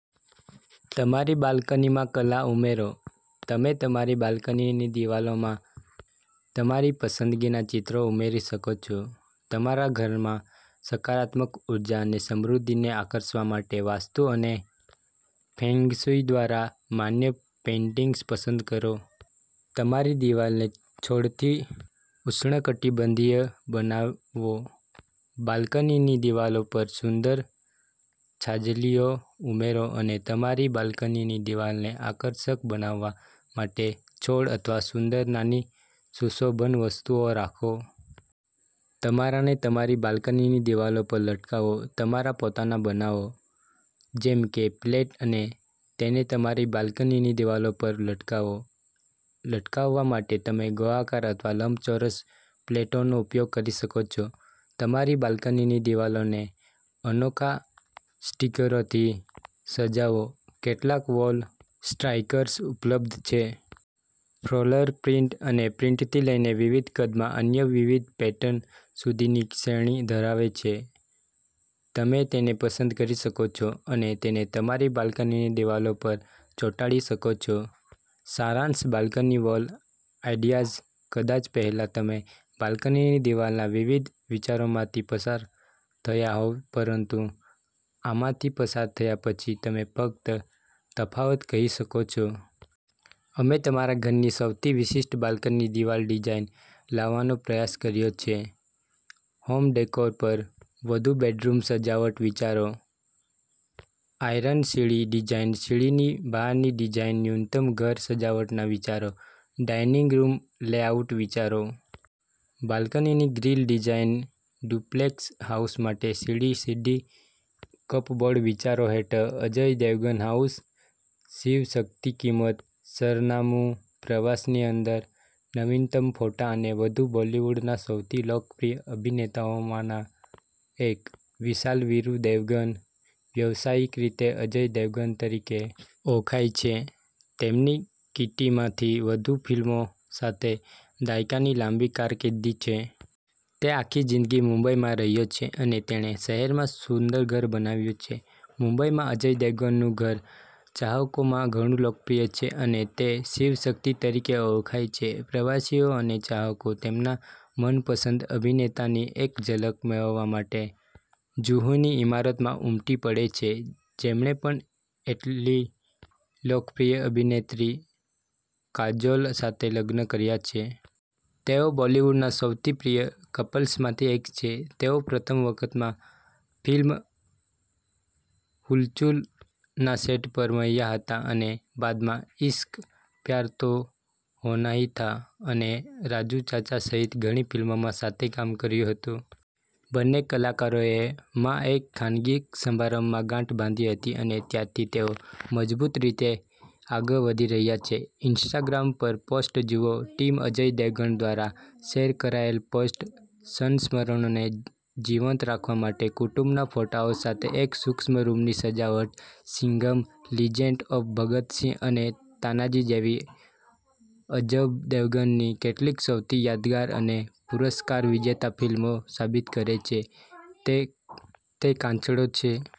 તમારી બાલ્કનીમાં કલા ઉમેરોતમે તમારી બાલ્કનીની દિવાલોમાં તમારી પસંદગીના ચિત્રો ઉમેરી શકો છો. તમારા ઘરમાં સકારાત્મક ઉર્જા અને સમૃદ્ધિને આકર્ષવા માટે વાસ્તુ અને ફેંગશુઈ દ્વારા માન્ય પેઇન્ટિંગ્સ પસંદ કરો. તમારી દિવાલને છોડથી ઉષ્ણકટિબંધીય બનાવોબાલ્કનીની દિવાલો પર સુંદર છાજલીઓ ઉમેરો અને તમારી બાલ્કનીની દિવાલને આકર્ષક બનાવવા માટે છોડ અથવા સુંદર નાની સુશોભન વસ્તુઓ રાખો. તમારા ને તમારી બાલ્કનીની દિવાલો પર લટકાવોતમારા પોતાના બનાવો, જેમ કે પ્લેટ અને તેને તમારી બાલ્કનીની દિવાલો પર લટકાવો. લટકાવવા માટે તમે ગોળાકાર અથવા લંબચોરસ પ્લેટોનો ઉપયોગ કરી શકો છો. તમારી બાલ્કનીની દિવાલોને અનોખા સ્ટીકરોથી સજાવોકેટલાક વોલ સ્ટ્રાઈકર્સ ઉપલબ્ધ છે. ફ્લોરલ પ્રિન્ટ અને પ્રિન્ટથી લઈને વિવિધ કદમાં અન્ય વિવિધ પેટર્ન સુધીની શ્રેણી ધરાવે છે. તમે તેને પસંદ કરી શકો છો અને તેને તમારી બાલ્કનીની દિવાલો પર ચોંટાડી શકો છો. સારાંશબાલ્કની વોલ આઇડિયાઝ કદાચ પહેલાં તમે બાલ્કનીની દિવાલના વિવિધ વિચારોમાંથી પસાર થયા હોવ પરંતુ આમાંથી પસાર થયા પછી તમે ફક્ત તફાવતકહી શકો છો. અમે તમારા ઘરની સૌથી વિશિષ્ટ બાલ્કની દિવાલ ડિઝાઇન લાવવાનો પ્રયાસ કર્યો છે. હોમ ડેકોર પર વધુ બેડરૂમ સજાવટ વિચારો આયર્ન સીડી ડિઝાઇન સીડીની બહારની ડિઝાઇન ન્યૂનતમ ઘર સજાવટના વિચારો ડાઇનિંગ રૂમ લેઆઉટ વિચારો balcony grill design duplex house માટે સીડી સીડી કપબોર્ડ વિચારો હેઠળ અજય દેવગન હાઉસ શિવશક્તિકિંમત, સરનામું, પ્રવાસની અંદર, નવીનતમ ફોટા અને વધુ બોલિવૂડના સૌથી લોકપ્રિય અભિનેતાઓમાંના એક, વિશાલ વીરુ દેવગન, વ્યવસાયિક રીતે અજય દેવગન તરીકે ઓળખાય છે, તેમની કિટ્ટીમાં થી વધુ ફિલ્મો સાથે દાયકાની લાંબી કારકિર્દી છે. તે આખી જીંદગી મુંબઈમાં રહ્યો છે અને તેણે શહેરમાં સુંદર ઘર બનાવ્યું છે. મુંબઈમાં અજય દેવગનનું ઘર ચાહકોમાં ઘણું લોકપ્રિય છે અને તે 'શિવશક્તિ' તરીકે ઓળખાય છે. પ્રવાસીઓ અને ચાહકો તેમના મનપસંદ અભિનેતાની એક ઝલક મેળવવા માટે જુહુનીઇમારતમાં ઉમટી પડે છે, જેમણે પણ એટલીલોકપ્રિય અભિનેત્રી, કાજોલ સાથે લગ્ન કર્યા છે. તેઓ બોલિવૂડના સૌથી પ્રિય કપલ્સમાંથી એક છે. તેઓ પ્રથમ વખત માં ફિલ્મ "હુલચુલ" ના સેટ પર મળ્યા હતા અને બાદમાં "ઇશ્ક," "પ્યાર તો હોના હી થા," અને "રાજુ ચાચા" સહિત ઘણી ફિલ્મોમાં સાથે કામ કર્યું હતું. બંને કલાકારોએ માં એક ખાનગી સમારંભમાં ગાંઠ બાંધી હતી અને ત્યારથી તેઓ મજબૂત રીતે આગળ વધી રહ્યા છે. ઇન્સ્ટાગ્રામ પરપોસ્ટ જુઓ ટીમ અજય દેવગણ દ્વારા શેર કરાયેલ પોસ્ટ સંસ્મરણોને જીવંત રાખવા માટે કુટુંબના ફોટાઓ સાથે એક સૂક્ષ્મ રૂમની સજાવટ સિંઘમ, લિજેન્ડ ઓફ ભગત સિંહ અને તાનાજી જેવી અજવ દેવગનની કેટલીક સૌથી યાદગાર અને પુરસ્કાર વિજેતા ફિલ્મો સાબિત કરે છે કે તે કાચંડો છે.